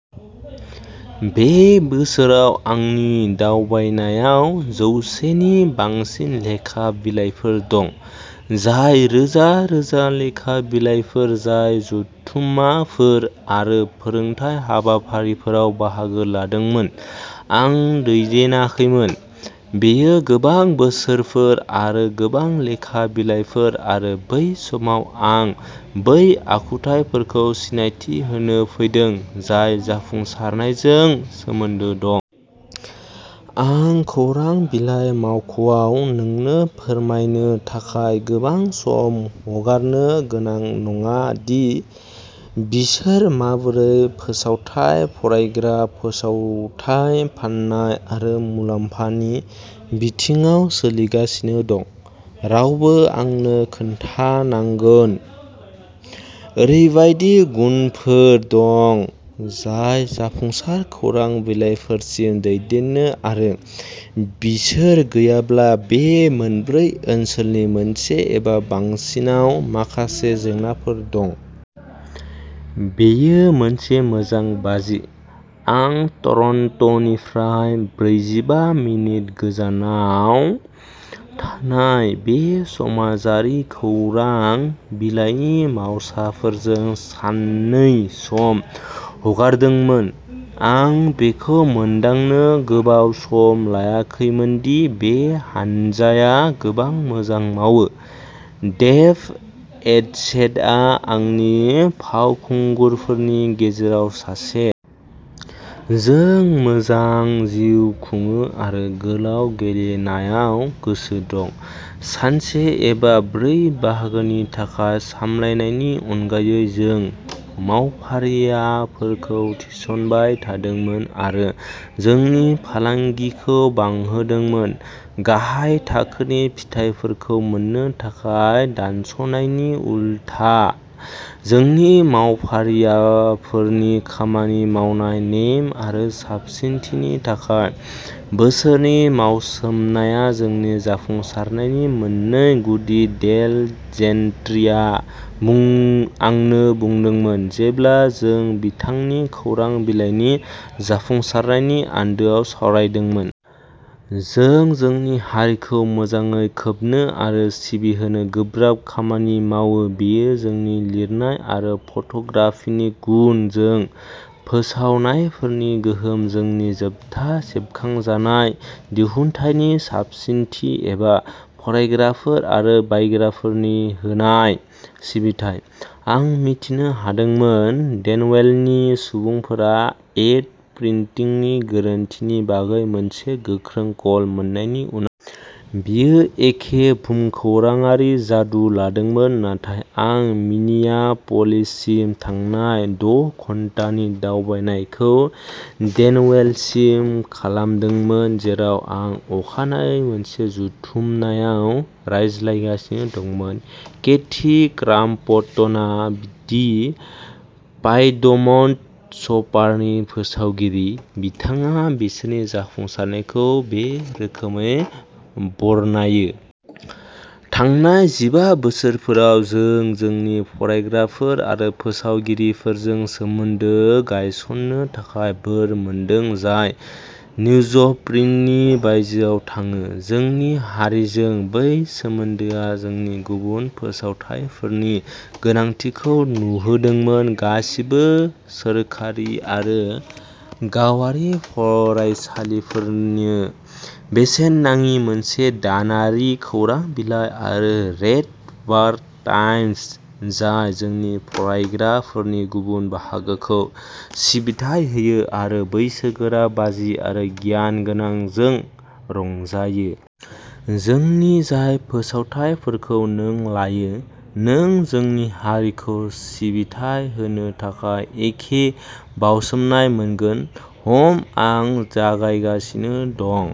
बे बोसोराव आंनि दावबायनायाव जौसे नि बांसिन लेखा बिलाइफोर दं। जाय रोजा रोजा लेखा बिलाइफोर जाय जथुममाफोर आरो फोरोंथाय हाबाफारिफोराव बाहागो लादोंमोन। आं दैदेनाखैमोन। बेयो गोबां बोसोरफोर आरो गोबां लेखा बिलाइफोर आरो बै समाव आं बै आखुथाइफोरखौ सिनायथि होनो फैदों जाय जाफुंसारनायजों सोमोन्दो दं। आं खौरां बिलाइ मावख'आव नोंनो फोरमायनो थाखाय गोबाव सम हगारनो गोनां नङा दि बिसोर माबोरै फोसावथाय फरायग्रा फोसावथाय फाननाय आरो मुलाम्फानि बिथिङाव सोलिगासिनो दं। रावबो आंनो खोन्थानांगोन। ओरैबायदि गुनफोर दं जाय जाफुंसार खौरां बिलाइफोरसिम दैदेननो आरो बिसोर गैयाब्ला बे मोनब्रै ओनसोलनि मोनसे एबा बांसिनआव माखासे जेंनाफोर दं। बेयो मोनसे मोजां बाजि। आं टरन्ट'निफ्राय ब्रैजिबा मिनिट गोजानाव थानाय बे समाजारि खौरां बिलाइनि मावसाफोरजों साननै सम हगारदोंमोन। आं बेखौ मोनदांनो गोबाव सम लायाखैमोन दि बे हानजाया गोबां मोजां मावो। डेभ एडसेटआ आंनि फावखुंगुरफोरनि गेजेराव सासे। जों मोजां जिउ खुङो आरो गोलाव गेलेनायाव गोसो दं। दानसे एबा ब्रै बाहागोनि थाखाय सामलायनायनि अनगायै। जों मावफारियाफोरखौ थिसनबाय थादोंमोन आरो जोंनि फालांगिखौ बांहोदोंमोन। गाहाय थाखोनि फिथायफोरखौ मोननो थाखाय दानस'नायनि उलथा। जोंनि मावफारियाफोरनि खामानि मावनाय नेम आरो साबसिनथिनि थाखाय बिसोरनि बाउसोमनाया जोंनि जाफुंसारनायनि मोननै गुदि डेल जेनट्रीआ आंनो बुंदोंमोन जेब्ला जों बिथांनि खौरां बिलाइनि जाफुंसारनायनि आन्दोआव सावरायदोंमोन। जों जोंनि हारिखौ मोजाङै खोबनो आरो सिबिहोनो गोब्राब खामानि मावो बेयो जोंनि लिरनाय आरो फट'ग्राफिनि गुन जोंनि फोसावनायफोरनि गोहोम जोंनि जोबथा सेबखांजानाय दिहुनथायनि साबसिनथि एबा फरायग्राफोर आरो बायग्राफोरनो होनाय सिबिथाइ। आं मिथिनो हादोंमोन डेनवेलनि सुबुंफोरा एड प्रिनटिंनि गोरोन्थिनि बागै मोनसे गोख्रों कल मोननायनि उनाव। बेयो एसे भुमखौराङारि जादु लादोंमोन नाथाय आं मिनियाप'लिससिम थांनाय द' घन्टानि दावबायनायखौ डेनवेलसिम खालामदोंमोन जेराव आं अखानायै मोनसे जथुमनायाव रायज्लायगासिनो दंमोन। केथी क्राम्पटनआ दि पाइडमन्ट शपारनि फोसावगिरि। बिथाङा बिसोरनि जाफुंसारनायखौ बे रोखोमै बरनायो। थांनाय जिबा बोसोरफोराव जों जोंनि फरायग्राफोर आरो फोसावगिरिफोरजों सोमोन्दो गायसननो थाखाय बोर मोनदों जाय निउजप्रिन्टनि बायजोआव थाङो। जोंनि हारिजों बै सोमोन्दोआ जोंनि गुबुन फोसावथायफोरनि गोनांथिखौ नुहोदोंमोन। गासिबो सोरखारि आरो गावारि फरायसालिफोरनो बेसेन नाङि मोनसे दानारि खौरां बिलाइ आरो रेड बार्ड टाइम्स जाय जोंनि फरायग्राफोरनि गुबुन बाहागोखौ सिबिथाइ होयो आरो बैसोगोरा बाजि आरो गियानगोनां जों रंजायो। जोंनि जाय फोसावथाइफोरखौ नों लायो नों जोंनि हारिखौ सिबिथाइ होनो थाखाय एखे बाउसोमनाय मोनगोन। हम आं जागायगासिनो दं।